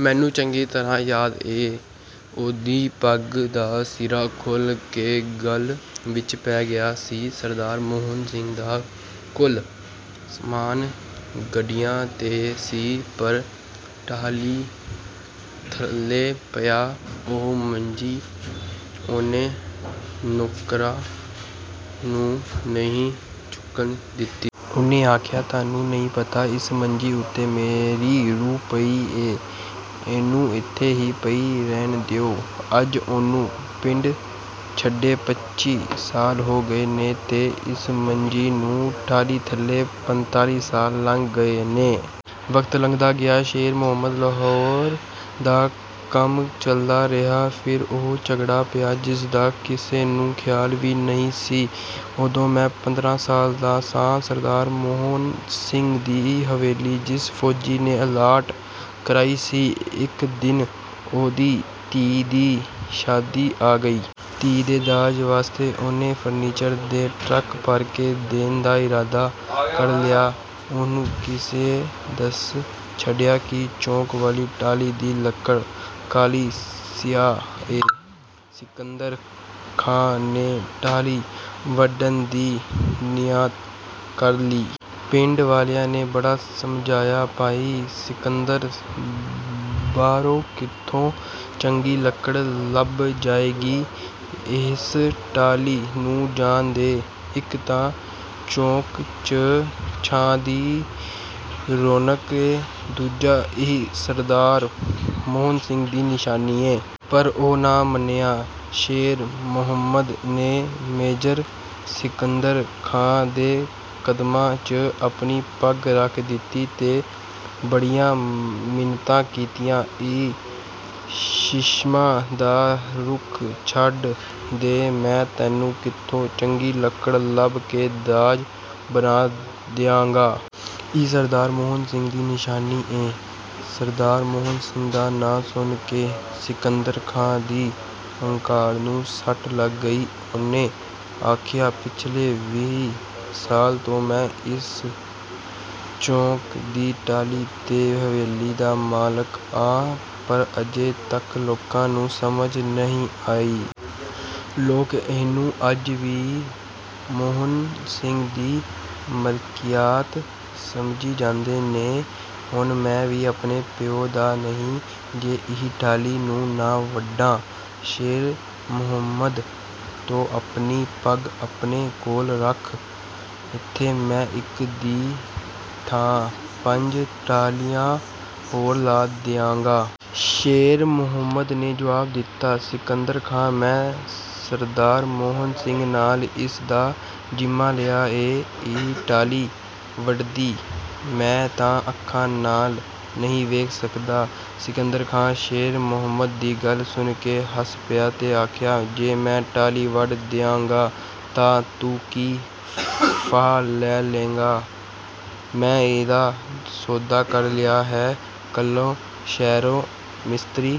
ਮੈਨੂੰ ਚੰਗੀ ਤਰ੍ਹਾਂ ਯਾਦ ਏ, ਉਹਦੀ ਪੱਗ ਦਾ ਸਿਰਾ ਖੁੱਲ੍ਹ ਕੇ ਗਲ ਵਿਚ ਪੈ ਗਿਆ ਸੀ। ਸਰਦਾਰ ਮੋਹਨ ਸਿੰਘ ਦਾ ਕੁੱਲ ਸਾਮਾਨ ਗੱਡਿਆਂ ਤੇ ਸੀ, ਪਰ ਟਾਹਲੀ ਥੱਲੇ ਪਈ ਉਹ ਮੰਜੀ ਉਹਨੇ ਨੌਕਰਾਂ ਨੂੰ ਨਹੀਂ ਚੁੱਕਣ ਦਿੱਤੀ। ਉਹਨੇ ਆਖਿਆ, "ਤੁਹਾਨੂੰ ਨਹੀਂ ਪਤਾ, ਇਸ ਮੰਜੀ ਉੱਤੇ ਮੇਰੀ ਰੂਹ ਪਈ ਏ। ਇਹਨੂੰ ਇੱਥੇ ਹੀ ਪਈ ਰਹਿਣ ਦਿਓ।" ਅੱਜ ਉਹਨੂੰ ਪਿੰਡ ਛੱਡੇ ਪੱਚੀ ਸਾਲ ਹੋ ਗਏ ਨੇ ਤੇ ਇਸ ਮੰਜੀ ਨੂੰ ਟਾਹਲੀ ਥੱਲੇ ਪੰਤਾਲੀ ਸਾਲ ਲੰਘ ਗਏ ਨੇ। ਵਕਤ ਲੰਘਦਾ ਗਿਆ, ਸ਼ੇਰ ਮੁਹੰਮਦ ਲੁਹਾਰ ਦਾ ਕੰਮ ਚੱਲਦਾ ਰਿਹਾ। ਫਿਰ ਉਹ ਝਗੜਾ ਪਿਆ, ਜਿਸ ਦਾ ਕਿਸੇ ਨੂੰ ਖ਼ਿਆਲ ਵੀ ਨਹੀਂ ਸੀ। ਉਦੋਂ ਮੈਂ ਪੰਦਰਾਂ ਸਾਲ ਦਾ ਸਾਂ। ਸਰਦਾਰ ਮੋਹਨ ਸਿੰਘ ਦੀ ਹਵੇਲੀ ਜਿਸ ਫੌਜੀ ਨੇ ਅਲਾਟ ਕਰਾਈ ਸੀ, ਇਕ ਦਿਨ ਉਹਦੀ ਧੀ ਦੀ ਸ਼ਾਦੀ ਆ ਗਈ। ਧੀ ਦੇ ਦਾਜ ਵਾਸਤੇ ਉਹਨੇ ਫਰਨੀਚਰ ਦੇ ਟਰੱਕ ਭਰ ਕੇ ਦੇਣ ਦਾ ਇਰਾਦਾ ਕਰ ਲਿਆ। ਉਹਨੂੰ ਕਿਸੇ ਦੱਸ ਛੱਡਿਆ ਕਿ ਚੌਕ ਵਾਲੀ ਟਾਹਲੀ ਦੀ ਲੱਕੜ ਕਾਲੀ-ਸਿਆਹ ਏ। ਸਿਕੰਦਰ ਖਾਂ ਨੇ ਟਾਹਲੀ ਵੱਢਣ ਦੀ ਨੀਅਤ ਕਰ ਲਈ। ਪਿੰਡ ਵਾਲਿਆਂ ਨੇ ਬੜਾ ਸਮਝਾਇਆ, "ਭਾਈ ਸਿਕੰਦਰ! ਬਾਹਰੋਂ ਕਿਤੋਂ ਚੰਗੀ ਲੱਕੜ ਲੱਭ ਜਾਏਗੀ। ਇਸ ਟਾਹਲੀ ਨੂੰ ਜਾਣ ਦੇ। ਇਕ ਤਾਂ ਚੌਕ 'ਚ ਛਾਂ ਦੀ ਰੌਣਕ ਏ, ਦੂਜਾ ਇਹ ਸਰਦਾਰ ਮੋਹਨ ਸਿੰਘ ਦੀ ਨਿਸ਼ਾਨੀ ਏ।" ਪਰ ਉਹ ਨਾ ਮੰਨਿਆ। ਸ਼ੇਰ ਮੁਹੰਮਦ ਨੇ ਮੇਜਰ ਸਿਕੰਦਰ ਖਾਂ ਦੇ ਕਦਮਾਂ 'ਚ ਆਪਣੀ ਪੱਗ ਰੱਖ ਦਿੱਤੀ ਤੇ ਬੜੀਆਂ ਮਿੰਨਤਾਂ ਕੀਤੀਆਂ, "ਇਹ ਸ਼ੀਸ਼ਮ ਦਾ ਰੁੱਖ ਛੱਡ ਦੇ। ਮੈਂ ਤੈਨੂੰ ਕਿਤੋਂ ਚੰਗੀ ਲੱਕੜ ਲੱਭ ਕੇ ਦਾਜ ਬਣਾ ਦਿਆਂਗਾ। ਇਹ ਸਰਦਾਰ ਮੋਹਨ ਸਿੰਘ ਦੀ ਨਿਸ਼ਾਨੀ ਏ।" ਸਰਦਾਰ ਮੋਹਨ ਸਿੰਘ ਦਾ ਨਾਂ ਸੁਣ ਕੇ ਸਿਕੰਦਰ ਖਾਂ ਦੀ ਹੰਕਾਰ ਨੂੰ ਸੱਟ ਲੱਗ ਗਈ। ਉਹਨੇ ਆਖਿਆ, "ਪਿਛਲੇ ਵੀਹ ਸਾਲ ਤੋਂ ਮੈਂ ਇਸ ਚੌਕ ਦੀ ਟਾਹਲੀ ਤੇ ਹਵੇਲੀ ਦਾ ਮਾਲਕ ਆਂ, ਪਰ ਅਜੇ ਤੱਕ ਲੋਕਾਂ ਨੂੰ ਸਮਝ ਨਹੀਂ ਆਈ। ਲੋਕ ਇਹਨੂੰ ਅੱਜ ਵੀ ਮੋਹਨ ਸਿੰਘ ਦੀ ਮਲਕੀਅਤ ਸਮਝੀ ਜਾਂਦੇ ਨੇ। ਹੁਣ ਮੈਂ ਵੀ ਆਪਣੇ ਪਿਓ ਦਾ ਨਹੀਂ, ਜੇ ਇਹ ਟਾਹਲੀ ਨੂੰ ਨਾ ਵੱਢਾਂ। ਸ਼ੇਰ ਮੁਹੰਮਦ, ਤੂੰ ਆਪਣੀ ਪੱਗ ਆਪਣੇ ਕੋਲ ਰੱਖ। ਇੱਥੇ ਮੈਂ ਇਕ ਦੀ ਥਾਂ ਪੰਜ ਟਾਹਲੀਆਂ ਹੋਰ ਲਾ ਦਿਆਂਗਾ।" ਸ਼ੇਰ ਮੁਹੰਮਦ ਨੇ ਜਵਾਬ ਦਿੱਤਾ, "ਸਿਕੰਦਰ ਖਾਂ, ਮੈਂ ਸਰਦਾਰ ਮੋਹਨ ਸਿੰਘ ਨਾਲ ਇਸ ਦਾ ਜ਼ਿੰਮਾ ਲਿਆ ਏ। ਇਹ ਟਾਹਲੀ ਵੱਢੀਂਦੀ ਮੈਂ ਤਾਂ ਅੱਖਾਂ ਨਾਲ ਨਹੀਂ ਵੇਖ ਸਕਦਾ।" ਸਿਕੰਦਰ ਖਾਂ ਸ਼ੇਰ ਮੁਹੰਮਦ ਦੀ ਗੱਲ ਸੁਣ ਕੇ ਹੱਸ ਪਿਆ ਤੇ ਆਖਿਆ, "ਜੇ ਮੈਂ ਟਾਹਲੀ ਵੱਢ ਦਿਆਂਗਾ ਤਾਂ ਤੂੰ ਕੀ ਫਾਹਾ ਲੈ ਲੈਂਗਾ? ਮੈਂ ਇਹਦਾ ਸੌਦਾ ਕਰ ਲਿਆ ਏ। ਕੱਲ੍ਹ ਸ਼ਹਿਰੋਂ ਮਿਸਤਰੀ..."